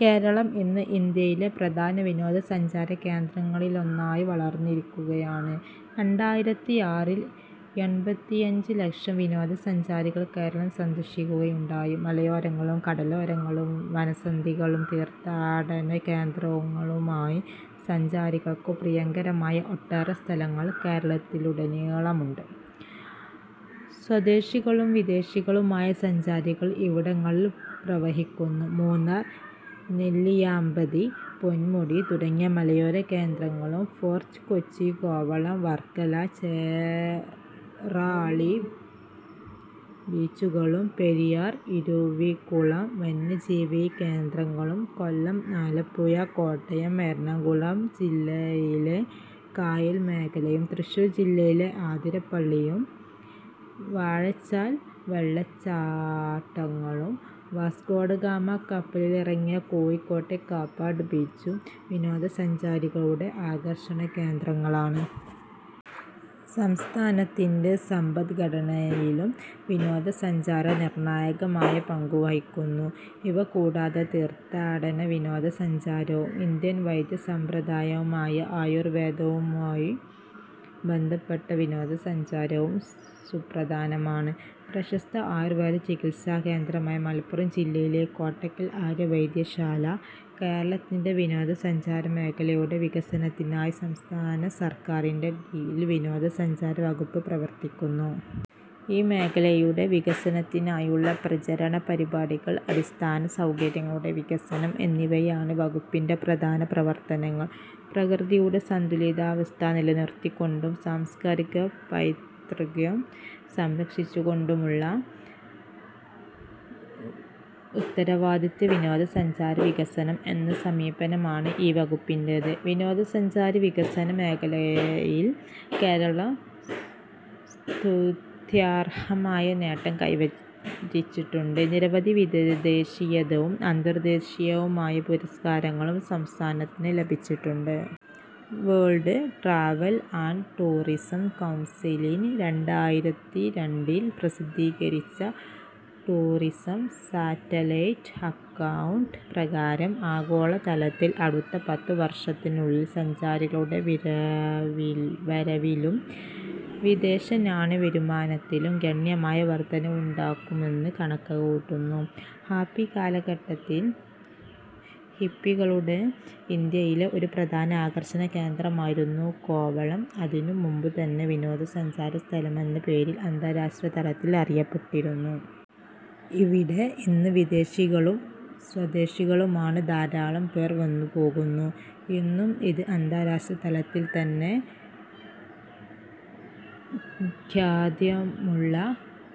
കേരളം ഇന്ന് ഇന്ത്യയിലെ പ്രധാന വിനോദസഞ്ചാരകേന്ദ്രങ്ങളിലൊന്നായി വളർന്നിരിക്കുകയാണ്. രണ്ടായിരത്തി ആറിൽ എൺപത്തിയഞ്ച് ലക്ഷം വിനോദസഞ്ചാരികൾ കേരളം സന്ദർശിക്കുകയുണ്ടായി. മലയോരങ്ങളും കടലോരങ്ങളും വനസ്ഥലികളും തീർത്ഥാടന കേന്ദ്രങ്ങളുമായി സഞ്ചാരികൾക്കു പ്രിയങ്കരമായ ഒട്ടേറെ സ്ഥലങ്ങൾ കേരളത്തിലുടനീളമുണ്ട്. സ്വദേശികളും വിദേശികളുമായ സഞ്ചാരികൾ ഇവിടങ്ങളിലേക്ക് പ്രവഹിക്കുന്നു. മൂന്നാർ നെല്ലിയാമ്പതി പൊന്മുടി തുടങ്ങിയ മലയോര കേന്ദ്രങ്ങളും ഫോർട്ട് കൊച്ചി കോവളം വർക്കല ചെറായി ബീച്ചുകളും പെരിയാർ ഇരവികുളം വന്യജീവി കേന്ദ്രങ്ങളും കൊല്ലം ആലപ്പുഴ കോട്ടയം എറണാകുളം ജില്ലകളിലെ കായൽ മേഖലയും തൃശ്ശൂർ ജില്ലയിലെ അതിരപ്പിള്ളി വാഴച്ചാൽ വെള്ളച്ചാട്ടങ്ങളും വാസ്കോഡഗാമ കപ്പലിറങ്ങിയ കോഴിക്കോട്ടെ കാപ്പാട് ബീച്ചും വിനോദസഞ്ചാരികളുടെ ആകർഷണ കേന്ദ്രങ്ങളാണ്. സംസ്ഥാനത്തിൻ്റെ സമ്പദ്ഘടനയിലും വിനോദസഞ്ചാരം നിർണായകമായ പങ്കു വഹിക്കുന്നു. ഇവ കൂടാതെ തീർത്ഥാടന വിനോദസഞ്ചാരവും ഇന്ത്യൻ വൈദ്യ സമ്പ്രദായമായ ആയുർവേദവുമായി ബന്ധപ്പെട്ട വിനോദസഞ്ചാരവും സുപ്രധാനമാണ്. പ്രശസ്ത ആയുർവേദ ചികിത്സാ കേന്ദ്രമാണ് മലപ്പുറം ജില്ലയിലെ കോട്ടയ്ക്കൽ ആര്യവൈദ്യശാല. കേരളത്തിലെ വിനോദസഞ്ചാര മേഖലയുടെ വികസനത്തിനായി സംസ്ഥാന സർക്കാരിൻ്റെ കീഴിൽ വിനോദസഞ്ചാര വകുപ്പ് പ്രവർത്തിക്കുന്നു. ഈ മേഖലയുടെ വികസനത്തിനായുള്ള പ്രചരണ പരിപാടികൾ അടിസ്ഥാന സൗകര്യങ്ങളുടെ വികസനം എന്നിവയാണ് വകുപ്പിൻ്റെ പ്രധാന പ്രവർത്തനങ്ങൾ. പ്രകൃതിയുടെ സന്തുലിതാവസ്ഥ നിലനിർത്തിക്കൊണ്ടും സാംസ്കാരിക പൈതൃകം സംരക്ഷിച്ചുകൊണ്ടുമുള്ള ഉത്തരവാദിത്ത വിനോദസഞ്ചാര വികസനം എന്ന സമീപനമാണ് ഈ വകുപ്പിന്റേത്. വിനോദസഞ്ചാര വികസന മേഖലയിൽ കേരളം സ്തുത്യർഹമായ നേട്ടം കൈവരിച്ചിട്ടുണ്ട്. നിരവധി ദേശീയവും അന്തർദേശീയവുമായ പുരസ്കാരങ്ങളും സംസ്ഥാനത്തിന് ലഭിച്ചിട്ടുണ്ട്. World travel and tourism council രണ്ടായിരത്തി രണ്ടിൽ പ്രസിദ്ധീകരിച്ച ടൂറിസം സാറ്റലൈറ്റ് അക്കൗണ്ട് പ്രകാരം ആഗോള തലത്തിൽ അടുത്ത പത്ത് വർഷത്തിനുള്ളിൽ സഞ്ചാരികളുടെ വരവിലും വിദേശനാണ്യ വരുമാനത്തിലും ഗണ്യമായ വർധനയുണ്ടാകുമെന്ന് കണക്കുകൂട്ടുന്നു. ഹിപ്പി കാലഘട്ടത്തിൽ ഹിപ്പികളുടെ ഇന്ത്യയിലെ ഒരു പ്രധാന ആകർഷണകേന്ദ്രമായിരുന്ന കോവളം അതിനു മുമ്പേതന്നെ വിനോദസഞ്ചാര സ്ഥലമെന്ന പേരിൽ അന്താരാഷ്ട്രതലത്തിൽ അറിയപ്പെട്ടിരുന്നു. ഇവിടെ ഇന്ന് വിദേശികളും സ്വദേശികളുമായി ധാരാളം പേർ വന്നുപോകുന്നു. ഇന്നും ഇത് അന്താരാഷ്ട്രതലത്തിൽത്തന്നെ ഖ്യാതിയുള്ള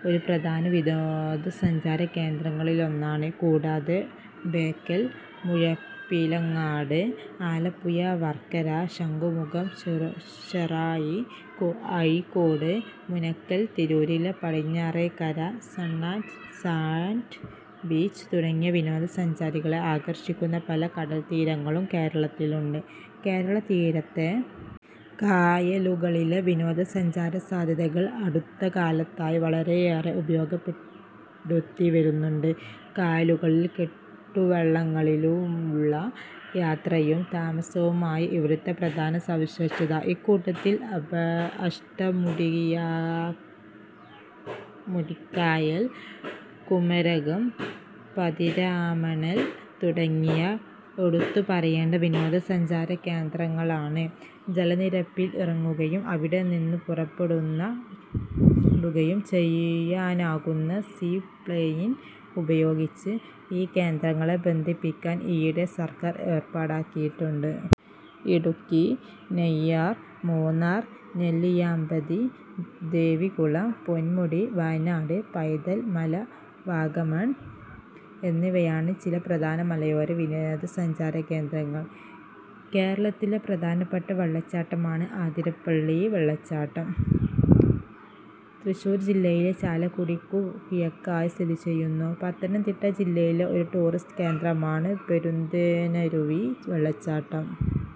ഒരു പ്രധാന വിനോദസഞ്ചാരകേന്ദ്രങ്ങളിലൊന്നാണ്. കൂടാതെ ബേക്കൽ മുഴപ്പിലങ്ങാട് ആലപ്പുഴ വർക്കല ശംഖുമുഖം ചെറായി അഴീക്കോട് മുനക്കൽ തിരൂരിലെ Padinjarekkara sun and sand beach തുടങ്ങി വിനോദസഞ്ചാരികളെ ആകർഷിക്കുന്ന പല കടൽത്തീരങ്ങളും കേരളത്തിലുണ്ട്. കേരളതീരത്തെ കായലുകളിലെ വിനോദസഞ്ചാര സാധ്യതകൾ അടുത്തകാലത്തായി വളരെയേറെ ഉപയോഗപ്പെടുത്തിവരുന്നുണ്ട്. കായലുകളിൽ കെട്ടുവള്ളങ്ങളിലുള്ള യാത്രയും താമസവുമാണ് ഇവിടത്തെ പ്രധാന സവിശേഷത. ഇക്കൂട്ടത്തിൽ അഷ്ടമുടിക്കായൽ കുമരകം പാതിരാമണൽ തുടങ്ങിയവ എടുത്തുപറയേണ്ട വിനോദസഞ്ചാരകേന്ദ്രങ്ങളാണ്. ജലപ്പരപ്പിൽ ഇറങ്ങുകയും അവിടെ നിന്ന് പുറപ്പെടുകയും ചെയ്യാനാകുന്ന സീ പ്ലെയിൻ ഉപയോഗിച്ച് ഈ കേന്ദ്രങ്ങളെ ബന്ധിപ്പിക്കാൻ ഈയിടെ സർക്കാർ ഏർപ്പാടാക്കിയിട്ടുണ്ട്. ഇടുക്കി നെയ്യാർ മൂന്നാർ നെല്ലിയാമ്പതി ദേവികുളം പൊൻമുടി വയനാട് പൈതൽ മല വാഗമൺ എന്നിവയാണ് ചില പ്രധാന മലയോര വിനോദസഞ്ചാരകേന്ദ്രങ്ങൾ. കേരളത്തിലെ പ്രധാനപ്പെട്ട വെള്ളച്ചാട്ടമാണ് അതിരപ്പിള്ളി വെള്ളച്ചാട്ടം. തൃശ്ശൂർ ജില്ലയിലെ ചാലക്കുടിക്കു കിഴക്കായി സ്ഥിതി ചെയ്യുന്നു. പത്തനംതിട്ട ജില്ലയിലെ ഒരു ടൂറിസ്റ്റ് കേന്ദ്രമാണ് പെരുന്തേനരുവി വെള്ളച്ചാട്ടം.